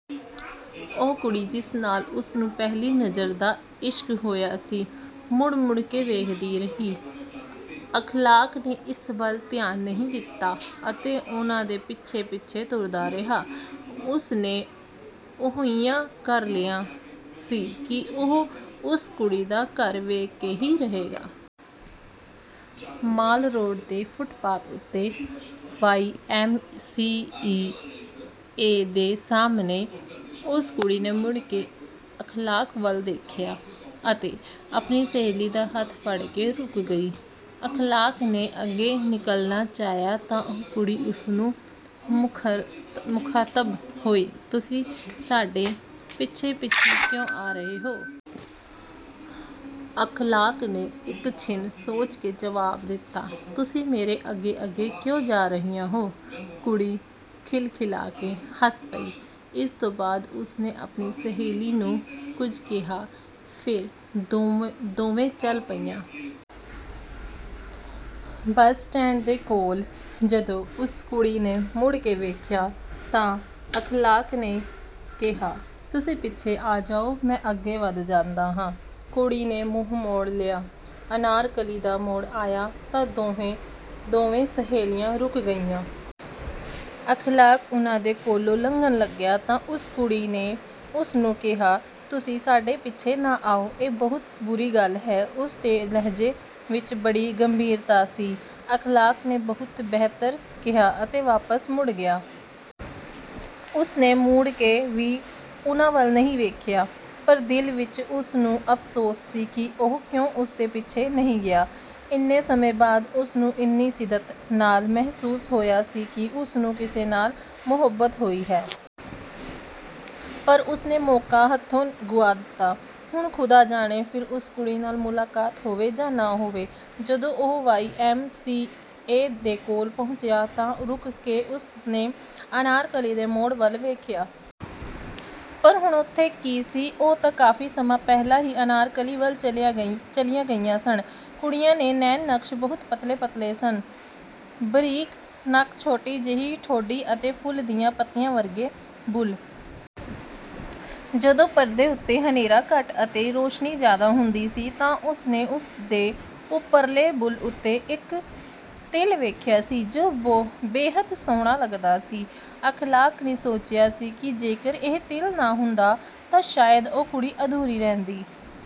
ਉਹ ਕੁੜੀ ਜਿਸ ਨਾਲ ਉਸ ਨੂੰ ਪਹਿਲੀ ਨਜ਼ਰ ਦਾ ਇਸ਼ਕ ਹੋਇਆ ਸੀ ਮੁੜ ਮੁੜ ਕੇ ਵੇਖਦੀ ਰਹੀ। ਅਖ਼ਲਾਕ ਨੇ ਇਸ ਵੱਲ ਧਿਆਨ ਨਹੀਂ ਦਿੱਤਾ ਅਤੇ ਉਨ੍ਹਾਂ ਦੇ ਪਿੱਛੇ ਪਿੱਛੇ ਤੁਰਦਾ ਰਿਹਾ। ਉਸ ਨੇ ਤਹੱਈਆ ਕਰ ਲਿਆ ਸੀ ਕਿ ਉਹ ਉਸ ਕੁੜੀ ਦਾ ਘਰ ਵੇਖ ਕੇ ਹੀ ਰਹੇਗਾ। ਮਾਲ ਰੋਡ ਦੇ ਫੁੱਟਪਾਥ ਉੱਤੇ ਵਾਈ ਐਮ ਸੀ ਏ ਦੇ ਸਾਹਮਣੇ ਉਸ ਕੁੜੀ ਨੇ ਮੁੜ ਕੇ ਅਖ਼ਲਾਕ ਵੱਲ ਵੇਖਿਆ ਅਤੇ ਆਪਣੀ ਸਹੇਲੀ ਦਾ ਹੱਥ ਫੜ ਕੇ ਰੁਕ ਗਈ। ਅਖ਼ਲਾਕ ਨੇ ਅੱਗੇ ਨਿਕਲਣਾ ਚਾਹਿਆ ਤਾਂ ਉਹ ਕੁੜੀ ਉਸ ਨੂੰ ਮੁਖ਼ਾਤਬ ਹੋਈ "ਤੁਸੀਂ ਸਾਡੇ ਪਿੱਛੇ ਪਿੱਛੇ ਕਿਉਂ ਆ ਰਹੇ ਹੋ?" ਅਖ਼ਲਾਕ ਨੇ ਇੱਕ ਛਿਣ ਸੋਚ ਕੇ ਜਵਾਬ ਦਿੱਤਾ "ਤੁਸੀਂ ਮੇਰੇ ਅੱਗੇ ਅੱਗੇ ਕਿਉਂ ਜਾ ਰਹੀਆਂ ਹੋ?" ਕੁੜੀ ਖਿਲਖਿਲਾ ਕੇ ਹੱਸ ਪਈ। ਇਸ ਤੋਂ ਬਾਅਦ ਉਸ ਨੇ ਆਪਣੀ ਸਹੇਲੀ ਨੂੰ ਕੁਝ ਕਿਹਾ ਫਿਰ ਦੋਵੇਂ ਚੱਲ ਪਈਆਂ। ਬੱਸ ਸਟੈਂਡ ਦੇ ਕੋਲ ਜਦੋਂ ਉਸ ਕੁੜੀ ਨੇ ਮੁੜ ਕੇ ਵੇਖਿਆ ਤਾਂ ਅਖ਼ਲਾਕ ਨੇ ਕਿਹਾ "ਤੁਸੀਂ ਪਿੱਛੇ ਆ ਜਾਓ ਮੈਂ ਅੱਗੇ ਵੱਧ ਜਾਂਦਾ ਹਾਂ।" ਕੁੜੀ ਨੇ ਮੂੰਹ ਮੋੜ ਲਿਆ। ਅਨਾਰਕਲੀ ਦਾ ਮੋੜ ਆਇਆ ਤਾਂ ਦੋਵੇਂ ਸਹੇਲੀਆਂ ਰੁਕ ਗਈਆਂ। ਅਖ਼ਲਾਕ ਉਨ੍ਹਾਂ ਦੇ ਕੋਲੋਂ ਲੰਘਣ ਲੱਗਿਆ ਤਾਂ ਉਸ ਕੁੜੀ ਨੇ ਉਸ ਨੂੰ ਕਿਹਾ "ਤੁਸੀਂ ਸਾਡੇ ਪਿੱਛੇ ਨਾ ਆਓ ਇਹ ਬਹੁਤ ਬੁਰੀ ਗੱਲ ਹੈ।" ਉਸ ਦੇ ਲਹਿਜੇ ਵਿੱਚ ਬੜੀ ਗੰਭੀਰਤਾ ਸੀ। ਅਖ਼ਲਾਕ ਨੇ "ਬਹੁਤ ਬਿਹਤਰ" ਕਿਹਾ ਅਤੇ ਵਾਪਸ ਮੁੜ ਗਿਆ। ਉਸ ਨੇ ਮੁੜ ਕੇ ਵੀ ਉਨ੍ਹਾਂ ਵੱਲ ਨਹੀਂ ਵੇਖਿਆ। ਪਰ ਦਿਲ ਵਿੱਚ ਉਸ ਨੂੰ ਅਫ਼ਸੋਸ ਸੀ ਕਿ ਉਹ ਕਿਉਂ ਉਸ ਦੇ ਪਿੱਛੇ ਨਹੀਂ ਗਿਆ। ਇੰਨੇ ਸਮੇਂ ਬਾਅਦ ਉਸ ਨੂੰ ਇੰਨੀ ਸ਼ਿੱਦਤ ਨਾਲ ਮਹਿਸੂਸ ਹੋਇਆ ਸੀ ਕਿ ਉਸ ਨੂੰ ਕਿਸੇ ਨਾਲ ਮੁਹੱਬਤ ਹੋਈ ਹੈ। ਪਰ ਉਸ ਨੇ ਮੌਕਾ ਹੱਥੋਂ ਗੁਆ ਦਿੱਤਾ। ਹੁਣ ਖ਼ੁਦਾ ਜਾਣੇ ਫਿਰ ਉਸ ਕੁੜੀ ਨਾਲ ਮੁਲਾਕਾਤ ਹੋਵੇ ਜਾਂ ਨਾ ਹੋਵੇ। ਜਦੋਂ ਉਹ ਵਾਈ ਐਮ ਸੀ ਏ ਦੇ ਕੋਲ ਪਹੁੰਚਿਆ ਤਾਂ ਰੁਕ ਕੇ ਉਸ ਨੇ ਅਨਾਰਕਲੀ ਦੇ ਮੋੜ ਵੱਲ ਵੇਖਿਆ। ਪਰ ਹੁਣ ਉੱਥੇ ਕੀ ਸੀ? ਉਹ ਤਾਂ ਕਾਫ਼ੀ ਸਮਾਂ ਪਹਿਲਾਂ ਹੀ ਅਨਾਰਕਲੀ ਵੱਲ ਚਲੀਆਂ ਗਈਆਂ ਸਨ। ਕੁੜੀ ਦੇ ਨੈਣ ਨਕਸ਼ ਬਹੁਤ ਪਤਲੇ ਪਤਲੇ ਸਨ। ਬਰੀਕ ਨੱਕ ਛੋਟੀ ਜਿਹੀ ਠੋਡੀ ਅਤੇ ਫੁੱਲ ਦੀਆਂ ਪੱਤੀਆਂ ਵਰਗੇ ਬੁੱਲ੍ਹ। ਜਦੋਂ ਪਰਦੇ ਉੱਤੇ ਹਨੇਰਾ ਘੱਟ ਅਤੇ ਰੌਸ਼ਨੀ ਜ਼ਿਆਦਾ ਹੁੰਦੀ ਸੀ ਤਾਂ ਉਸ ਨੇ ਉਸ ਦੇ ਉਪਰਲੇ ਬੁੱਲ੍ਹ ਉੱਤੇ ਇੱਕ ਤਿਲ ਵੇਖਿਆ ਸੀ ਜੋ ਬੇਹੱਦ ਸੋਹਣਾ ਲੱਗਦਾ ਸੀ। ਅਖ਼ਲਾਕ ਨੇ ਸੋਚਿਆ ਸੀ ਕਿ ਜੇਕਰ ਇਹ ਤਿਲ ਨਾ ਹੁੰਦਾ ਤਾਂ ਸ਼ਾਇਦ ਉਹ ਕੁੜੀ ਅਧੂਰੀ ਰਹਿੰਦੀ।